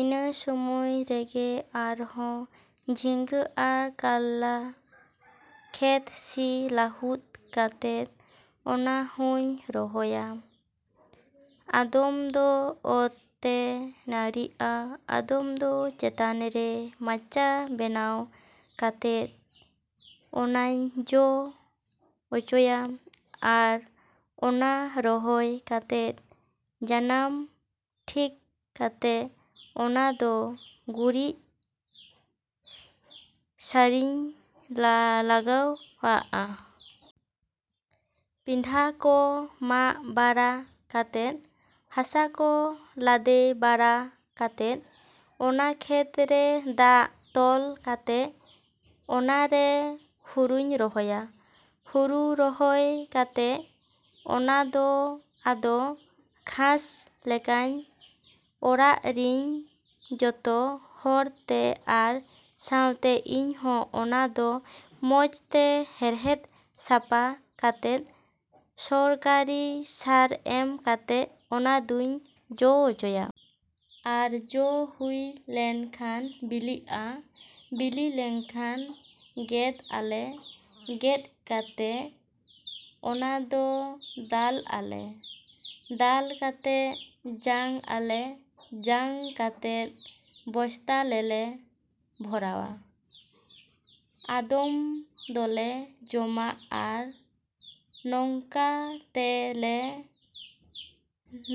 ᱤᱱᱟᱹ ᱥᱚᱢᱚᱭ ᱨᱮᱜᱮ ᱟᱨᱦᱚᱸ ᱡᱷᱤᱸᱜᱟᱹ ᱟᱨ ᱠᱟᱨᱞᱟ ᱠᱷᱮᱛ ᱥᱤ ᱞᱟᱹᱦᱩᱫ ᱠᱟᱛᱮᱫ ᱚᱱᱟ ᱦᱚᱧ ᱨᱚᱦᱚᱭᱟ᱾ ᱟᱫᱷᱚᱢ ᱫᱚ ᱚᱛ ᱛᱮ ᱱᱟᱹᱲᱤᱜᱼᱟ, ᱟᱫᱷᱚᱢ ᱫᱚ ᱪᱮᱛᱟᱱ ᱨᱮ ᱢᱟᱪᱟ ᱵᱮᱱᱟᱣ ᱠᱟᱛᱮᱫ ᱚᱱᱟᱧ ᱡᱚ ᱦᱚᱪᱚᱭᱟ᱾ ᱟᱨ ᱚᱱᱟ ᱨᱚᱦᱚᱭ ᱠᱟᱛᱮᱫ ᱡᱟᱱᱟᱢ ᱴᱷᱤᱠ ᱠᱟᱛᱮᱫ ᱚᱱᱟ ᱫᱚ ᱜᱩᱨᱤᱡ ᱥᱟᱨᱤᱧ ᱞᱟ ᱞᱟᱜᱟᱣ ᱟᱜᱼᱟ᱾ ᱯᱤᱰᱷᱟᱹ ᱠᱚ ᱢᱟᱜ ᱵᱟᱲᱟ ᱠᱟᱛᱮᱫ, ᱦᱟᱥᱟ ᱠᱚ ᱞᱟᱫᱮ ᱵᱟᱲᱟ ᱠᱟᱛᱮᱫ ᱚᱱᱟ ᱠᱷᱮᱛ ᱨᱮ ᱫᱟᱜ ᱛᱚᱞ ᱠᱟᱛᱮᱫ ᱚᱱᱟᱨᱮ ᱦᱩᱲᱩᱧ ᱨᱚᱦᱚᱭᱟ᱾ ᱦᱩᱲᱩ ᱨᱚᱦᱚᱭ ᱠᱟᱛᱮᱫ ᱚᱱᱟ ᱫᱚ ᱟᱫᱚ ᱜᱷᱟᱥ ᱞᱮᱱᱠᱷᱟᱱ ᱚᱲᱟᱜ ᱨᱮᱱ ᱡᱚᱛᱚ ᱦᱚᱲᱛᱮ ᱟᱨ ᱥᱟᱣᱛᱮ ᱤᱧ ᱦᱚᱸ ᱚᱱᱟ ᱫᱚ ᱢᱚᱡᱽ ᱛᱮ ᱦᱮᱲᱦᱮᱫ ᱥᱟᱯᱷᱟ ᱠᱟᱛᱮᱫ ᱥᱚᱨᱠᱟᱨᱤ ᱥᱟᱨ ᱮᱢ ᱠᱟᱛᱮᱫ ᱚᱱᱟ ᱫᱩᱧ ᱡᱚ ᱦᱚᱪᱚᱭᱟ᱾ ᱟᱨ ᱡᱚ ᱦᱩᱭ ᱞᱮᱱᱠᱷᱟᱱ ᱵᱤᱞᱤᱜᱼᱟ᱾ ᱵᱤᱞᱤ ᱞᱮᱱᱠᱷᱟᱱ ᱜᱮᱫ ᱟᱞᱮ᱾ ᱜᱮᱫ ᱠᱟᱛᱮᱫ ᱚᱱᱟ ᱫᱚ ᱫᱟᱞ ᱟᱞᱮ᱾ ᱫᱟᱞ ᱠᱟᱛᱮᱫ ᱡᱟᱝ ᱟᱞᱮ᱾ ᱡᱟᱝ ᱠᱟᱛᱮᱫ ᱵᱚᱥᱛᱟ ᱨᱮᱞᱮ ᱵᱷᱚᱨᱟᱣᱟ᱾ ᱟᱫᱚᱢ ᱫᱚᱞᱮ ᱡᱚᱢᱟ᱾ ᱟᱨ ᱱᱚᱝᱠᱟ ᱛᱮ ᱞᱮ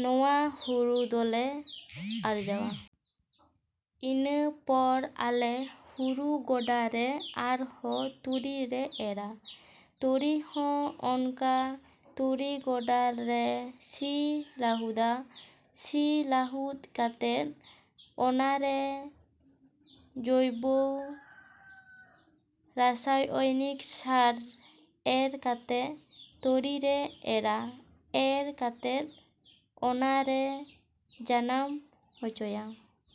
ᱱᱚᱣᱟ ᱦᱩᱲᱩ ᱫᱚᱞᱮ ᱟᱨᱡᱟᱣᱟ᱾ ᱤᱱᱟᱹ ᱯᱚᱨ ᱟᱞᱮ ᱦᱩᱲᱩ ᱜᱚᱰᱟᱨᱮ ᱟᱨᱦᱚᱸ ᱛᱩᱲᱤ ᱞᱮ ᱮᱨᱟ᱾ ᱛᱩᱲᱤ ᱦᱚᱸ ᱚᱱᱠᱟ ᱛᱩᱲᱤ ᱜᱚᱰᱟ ᱞᱮ ᱥᱤ ᱞᱟᱹᱦᱩᱫᱟ᱾ ᱥᱤ ᱞᱟᱹᱦᱩᱫ ᱠᱟᱛᱮᱫ ᱚᱱᱟᱨᱮ ᱡᱳᱭᱵᱚ ᱨᱟᱥᱟᱭᱚᱱᱤᱠ ᱥᱟᱨ ᱮᱨ ᱠᱟᱛᱮᱫ ᱛᱩᱲᱤᱞᱮ ᱮᱨᱟ᱾ ᱮᱨ ᱠᱟᱛᱮᱫ ᱚᱱᱟᱞᱮ ᱡᱟᱱᱟᱢ ᱦᱚᱪᱚᱭᱟ᱾